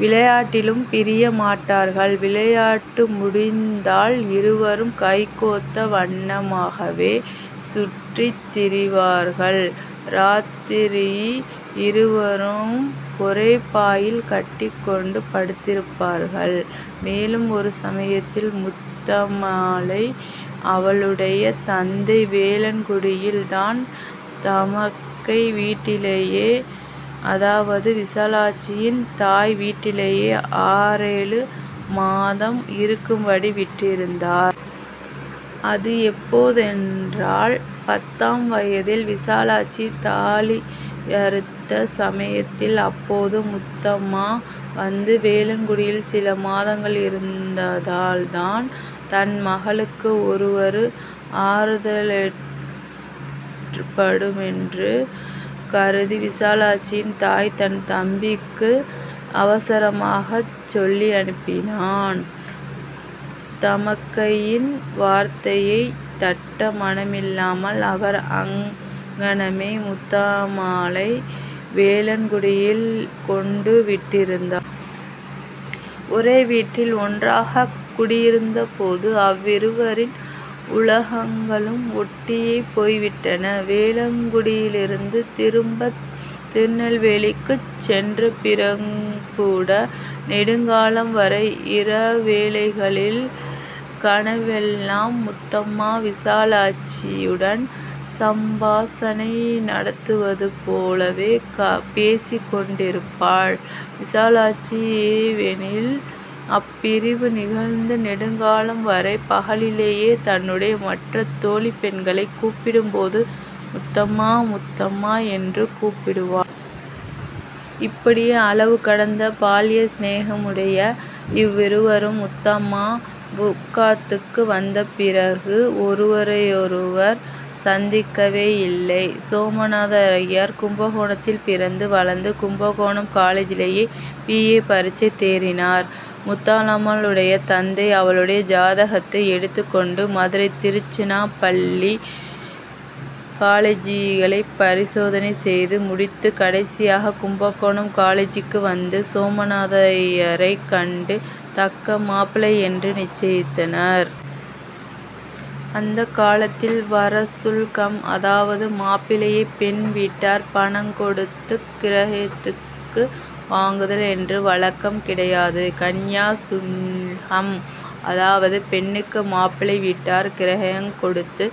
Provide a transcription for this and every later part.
விளையாட்டிலும் பிரிய மாட்டார்கள். விளையாட்டு முடிந்தால் இருவரும் கைகோத்த வண்ணமாகவே சுற்றித் திரிவார்கள். இராத்திரி, இருவரும் ஒரே பாயில் கட்டிக் கொண்டு படுத்திருப்பார்கள். மேலும், ஒரு சமயத்தில் முத்தம்மாளை அவளுடைய தந்தை வேளண்குடியில் தன் தமக்கை வீட்டிலேயே, அதாவது, விசாலாட்சியின் தாய் வீட்டிலேயே, ஆறேழு மாதம் இருக்கும்படி விட்டிருந்தார். அது எப்போதென்றால், பத்தாம் வயதில் விசாலாட்சி தாலியறுத்த சமயத்தில், அப்போது முத்தம்மா வந்து வேளாண்குடியில் சில மாதங்களிருந்தால்தான் தன் மகளுக்கு ஒருவறு ஆறுதலேற்படுமென்று கருதி விசாலாட்சியின் தாய் தன் தம்பிக்கு அவசரமாகச் சொல்லியனுப்பினான். தமக்கையின் வார்த்தையைத் தட்ட மனமில்லாமல், அவர் அங்ஙனமே முத்தம் மாளை வேளண்குடியில் கொண்டு விட்டிருந்தார். ஒரே வீட்டில் ஒன்றாகக் குடியிருந்தபோது அவ்விருவரின் உளங்களும் ஒட்டியே போய்விட்டன. வேளண்குடியிலிருந்து திரும்பித் திருநெல்வேலிக்குச் சென்ற பிறகுங்கூட நெடுங்காலம் வரை இர வேளைகளில் கனவிலெல்லாம் முத்தம்மா விசாலாட்சியுடன் சம்பாஷணை நடத்துவது போலவே பேசிக் கொண்டிருப்பாள். விசாலாட்சியோவெனில், அப்பிரிவு நிகழ்ந்து நெடுங்காலம் வரை பகலிலேயே தன்னுடைய மற்றத் தோழிப் பெண்களைக் கூப்பிடும்போது 'முத்தம்மா, முத்தம்மா' என்று கூப்பிடுவாள். இப்படி அளவு கடந்த பால்ய சிநேகமுடைய இவ்விருவரும், முத்தம்மா புக்கத்துக்கு வந்த பிறகு ஒருவரையோருவர் சந்திக்கவேயில்லை. சோமநாதய்யர் கும்பகோணத்தில் பிறந்து வளர்ந்து கும்பகோணம் காலேஜிலேயே பீ. ஏ. பரீட்சை தேறினார். முத்தளம்மாளுடைய தந்தை அவளுடைய ஜாதகத்தை எடுத்துக்கொண்டு மதுரை, திருச்சினாப்பள்ளி, காலேஜ்களைப் பரிசோதனை செய்து முடித்துக் கடைசியாகக் கும்பகோணம் காலேஜுக்கு வந்து சோமநாதய்யரைக் கண்டு தக்க மாப்பிள்ளையென்று நிச்சயித்தனர். அந்தக் காலத்தில் வரசுல்கம்-அதாவது மாப்பிள்ளையைப் பெண் வீட்டார் பணங் கொடுத்துக் கிரயத்துக்கு வாங்குதல்-என்ற வழக்கம் கிடையாது. கன்யா சுல்கம்-அதாவது பெண்ணுக்கு மாப்பிள்ளை வீட்டார் கிரயங் கொடுத்து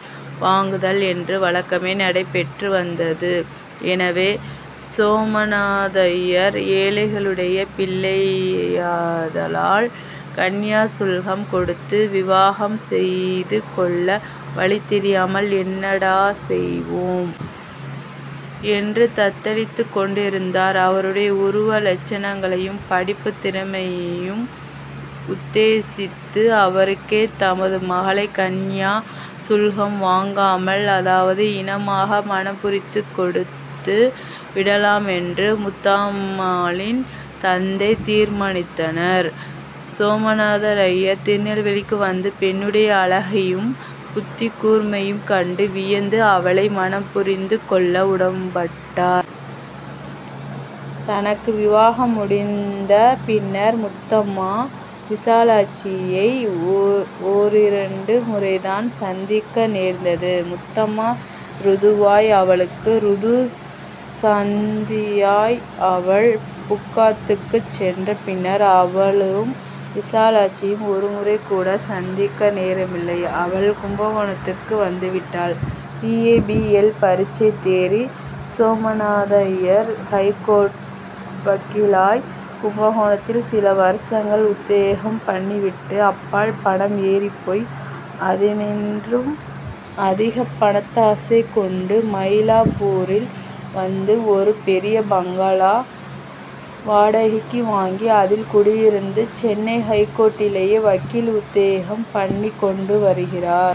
வாங்குதல்-என்ற வழக்கமே நடைபெற்று வந்தது. எனவே, சோமநாதய்யர் ஏழைகளுடைய பிள்ளையாதலால், கன்யாசுல்கம் கொடுத்து விவாகம் செய்து கொள்ள வழி தெரியாமல் ''என்னடா, செய்வோம்! '' என்று தத்தளித்துக் கொண்டிருந்தார். அவருடைய உருவ லட்சணங்களையும் படிப்புத் திறமையையும் உத்தேசித்து அவருக்கே தமது மகளைக் கன்யா சுல்கம் வாங்காமல், அதாவது இனாமாக, மணம்புரித்து கொடுத்து விடலாமென்று முத்தம்மாளின் தந்தை தீர்மானித்தனர். சோமநாதய்யர் திருநெல்வேலிக்கு வந்து பெண்ணுடைய அழகையும் புத்திக் கூர்மையையும் கண்டு வியந்து அவளை மணம்புரிந்து கொள்ள உடம்பட்டார். தனக்கு விவாகம் முடிந்த பின்னர் முத்தம்மா விசாலாட்சியை ஓரிரண்டு முறைதான் சந்திக்க நேர்ந்தது. முத்தம்மா ருதுவாய், அவளுக்கு ருது சாந்தியாய் அவள் புக்கத்துக்குச் சென்ற பின்னர் அவளும் விசாலாட்சியும் ஒருமுறைகூட சந்திக்க நேரமில்லை. அவள் கும்பகோணத்துக்கு வந்துவிட்டாள். பி. A., B. எல். பரீட்சை தேறி, சோமநாதய்யர், ஹைகோர்ட் வக்கீலாய் கும்பகோணத்தில் சில வருஷங்கள் உத்தியோகம் பண்ணிவிட்டு, அப்பால் பணம் ஏறிப்போய் அதினின்றும் அதிகப் பணத்தாசை கொண்டு மயிலாப்பூரில் வந்து ஒரு பெரிய பங்களா வாடகைக்கு வாங்கி அதில் குடியிருந்து சென்னை ஹைகோர்ட்டிலேயே வக்கீல் உத்தியோகம் பண்ணிக்கொண்டு வருகிறார்.